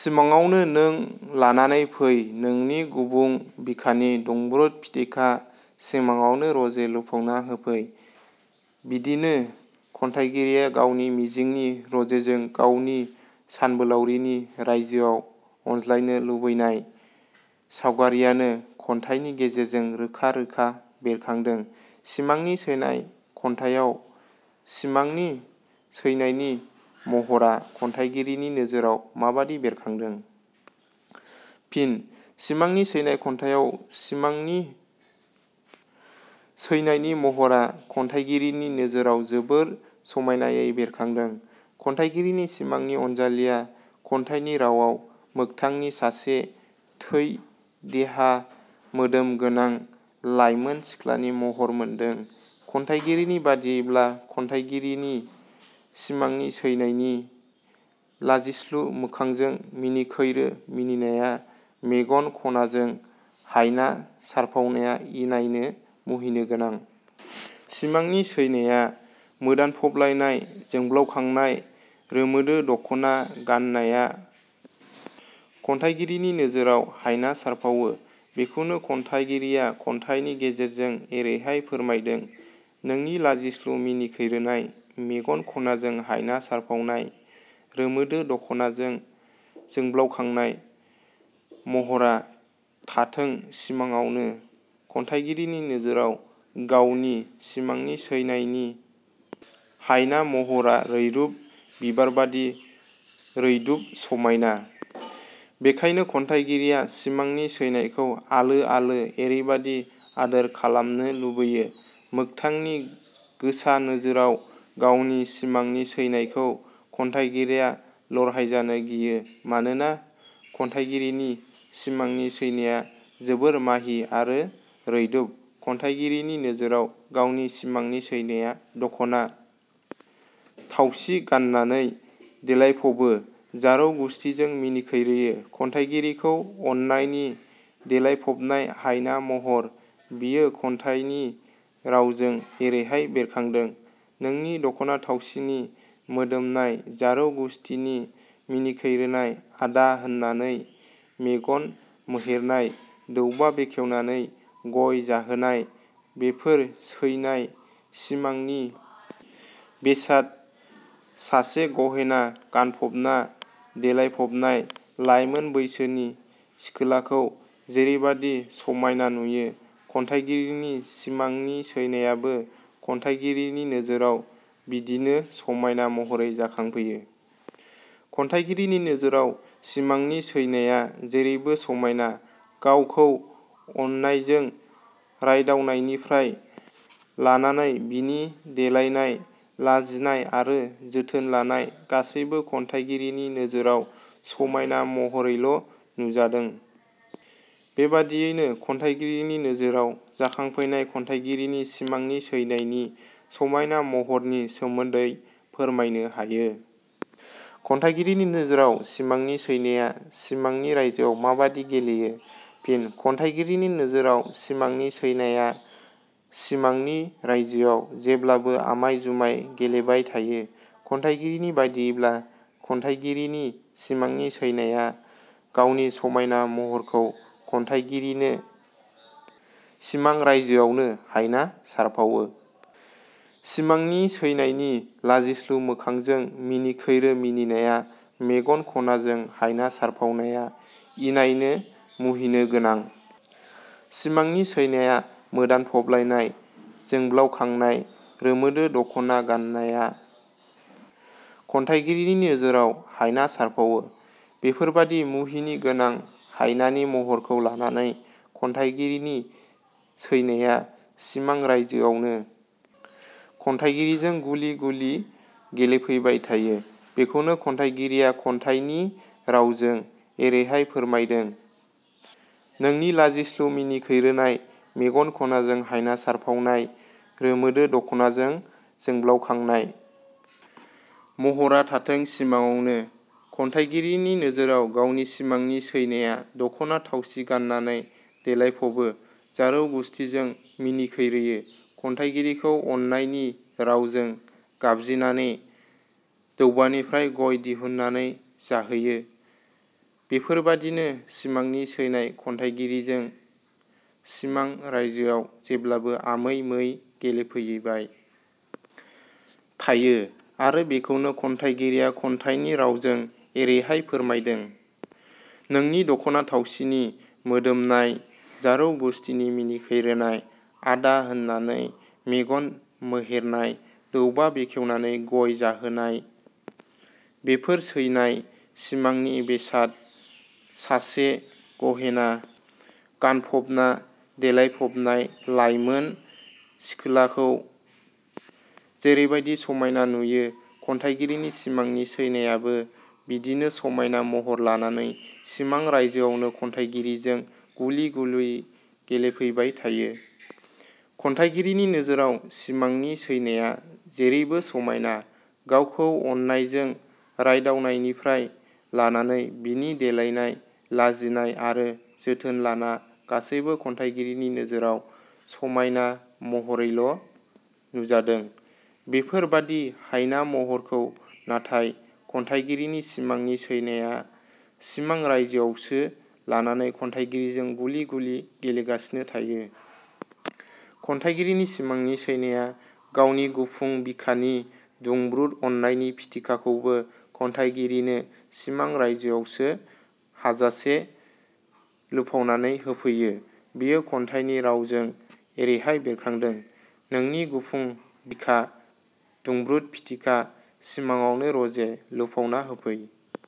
सिमाङावनो नों लानानै फै नोंनि गुबुं बिखानि दुंब्रुद फिथिखा सिमाङावनो रजे लुफावना होफै। बिदिनो खन्थाइगिरिया गावनि मिजिंनि रजेजों गावनि सानबोलावरिनि रायजोआव अनज्लायनो लुबैनाय सावगारियानो खन्थाइनि गेजेरजों रोखा रोखा बेरखादों।'सिमांनि सैनाय' खन्थाइयाव सिमांनि सैनायनि महरा खन्थाइगिरिनि नोजोराव माबादि बेरखांदों? फिनः 'सिमांनि सैनाय' खन्थाइयाव सिमांनि सैनायनि महरा खन्थाइगिरिनि नोजोराव जोबोर समायनायै बेरखांदों। खन्थाइगिरिनि सिमांनि अनजालिया खन्थाइनि रावाव मोगथांनि सासे थै, देहा मोदोम गोनां लाइमोन सिख्लानि महर मोनदों। खन्थाइगिरिनि बादियैब्ला खन्थाइगिरिनि सिमांनि सैनायनि लाजिस्लु मोखांजों मिनिखैरो मिनिनाया, मेगन खनाजों हायना सारफावनाया इनायनो मुहिनि गोनां। सिमांनि सैनाया मोदानफबलायनाय जोंब्लावखांनाय रोमोदो दख'ना गाननाया खन्थाइगिरिनि नोजोराव हायना सारफावो। बेखौनो खन्थाइगिरिया खन्थाइनि गेजेरजों एरैहाय फोरमायदों- नोंनि लाजिस्लु मिनिखैरोनाय मेगन खनाजों हायना सारफावनाय रोमोदो दख'नाजों जोंब्लाउखांनाय। महरा थाथों सिमाङावनो। खन्थाइगिरिनि नोजोराव गावनि सिमांनि सैनायनि हायना महरा रैरुब बिबारबादि रैदुब समायना। बेखायनो खन्थाइगिरिया सिमांनि सैनायखौ आलो आलो एरैबादि आदोर खालामनो लुबैयो, मोगथांनि गोसा नोजोराव गावनि सिमांनि सैनायखौ खन्थाइगिरिया लरहायजानो गियो। मानोना खन्थाइगिरिनि सिमांनि सैनाया जोबोर माहि आरो रैदुब। खन्थाइगिरिनि नोजोराव गावनि सिमांनि सैनाया दखना थावसि गाननानै देलायफबो, जारौ गुसथिजों मिनिखैरोयो, खन्थाइगिरिखौ अननायनि देलायफबनाय हायना महर, बेयो खन्थाइनि रावजों एरैहाय बेरखांदों- नोंनि दखना थावसिनि मोदोमनाय जारौ गुसथिनि मिनिखैरोनाय, 'आदा' होननानै मेगन मोहेरनाय दौबा बेखेवनानै गय जाहोनाय बेफोर सैनाय सिमांनि बेसाद सासे गहेना गानफबना देलायफबनाय लाइमोन बैसोनि सिखोलाखौ जेरैबादि समायना नुयो, खन्थाइगिरिनि सिमांनि सैनायाबो खन्थाइगिरिनि नोजोराव बिदिनो समायना महरै जाखांफैयो। खन्थाइगिरिनि नोजोराव सिमांनि सैनाया जैरैबो समायना। गावखौ अननायजों रायदावनायनिफ्राय लानानै बिनि देलायनाय, लाजिनाय आरो जोथोन लानाय गासैबो खन्थाइगिरिनि नोजोराव समायना महरैल' नुजादों। बेबादियैनो खन्थाइगिरिनि नोजोराव जाखांफैनाय खन्थाइगिरिनि सिमांनि सैनायनि समायना महरनि सोमोन्दै फोरमायनो हायो।. खन्थाइगिरिनि नोजोराव सिमांनि सैनाया सिमांनि रायजोआव माबादि गेलेयो? फिनः खन्थाइगिरिनि नोजोराव सिमांनि सैनाया सिमांनि रायजोआव जेब्लाबो आमाय जुमाय गेलेबाय थायो। खन्थाइगिरिनि बादियैब्ला खन्थाइगिरिनि सिमांनि सैनाया गावनि समाइना महरखौ खन्थाइगिरिनो सिमां रायजोआवनो हायना सारफावो। सिमांनि सैनायनि लाजिस्लु मोखांजों मिनिखैरो मिनिनाया, मेगन खनाजों हायना सारफावनाया इनायनो मुहिनि गोनां। सिमांनि सैनाया मोदानफबलायनाय जोंब्लावखांनाय रोमोदो दख'ना गाननाया खन्थाइगिरिनि नोजोराव हायना सारफावो। बेफोरबादि मुहिनि गोनां हायनानि महरखौ लानानै खन्थाइगिरिनि सैनाया सिमां रायजोआवनो खन्थाइगिरिजों गुलि गुलि गेलेफैबाय थायो बेखौनो खन्थाइगिरिया खन्थाइनि रावजों एरैहाय फोरमायदों- नोंनि लाजिस्लु मिनिखैरोनाय मेगन खनाजों हायना सारफावनाय रोमोदो दखनाजों जोंब्लावखांनाय। महरा थाथों सिमाङावनो। खन्थाइगिरिनि नोजोराव गावनि सिमांनि सैनाया दख'ना थावसि गाननानै देलायफबो, जारौ गुसथिजों मिनिखैरोयो, खन्थाइगिरिखौ अननायनि रावजों गाबज्रिनानै दौबानिफ्राय गय दिहुननानै जाहोयो। बेफोरबादिनो सिमांनि सैनाया खन्थाइगिरिजों सिमां रायजोआव जेब्लाबो आमै मै गेलेफैबाय। थायो आरो बेखौनो खन्थाइगिरिया खन्थाइनि रावजों एरैहाय फोरमायदों- नोंनि दख'ना थावसिनि मोदोमनाय जारौ गुसथिनि मिनिखैरोनाय, 'आदा' होननानै मेगन मोहेरनाय दौबा बेखेवनानै गय जाहोनाय- बेफोर सैनाय सिमांनि बेसाद सासे गहेना गानफबना देलायफबनाय लाइमोन सिखोलाखौ जेरैबायदि समाइना नुयो, खन्थाइगिरिनि सिमांनि सैनायाबो बिदिनो समायना महर लानानै सिमां रायजोआवनो खन्थाइगिजिरिजों गुलि गुलि गेलेफैबाय थायो। खन्थाइगिरिनि नोजोराव सिमांनि सैनाया जेरैबो समायना। गावखौ अननायजों रायदावनायनिफ्राय लानानै बिनि देलायनाय, लाजिनाय आरो जोथोन लाना गासैबो खन्थाइगिरिनि नोजोराव समायना महरैल' नुजादों। बेफोर बादि हायना महरखौ नाथाय खन्थाइगिरिनि सिमांनि सैनाया सिमां रायजोआवसो लानानै खन्थाइगिरिजों गुलि गुलि गेलेगासिनो थायो। खन्थाइगिरिनि सिमांनि सैनाया गावनि गुफुं बिखानि दुंब्रुद अननायनि फिथिखाखौबो खन्थाइगिरिनो सिमां रायजोआवसो हाजासे लुफावनानै होफैयो बेयो खन्थाइनि रावजों एरैहाय बेरखादों- नोंनि गुफुं बिखा दुंब्रुद फिथिखा सिमाङावनो रजे लुफावना होफै।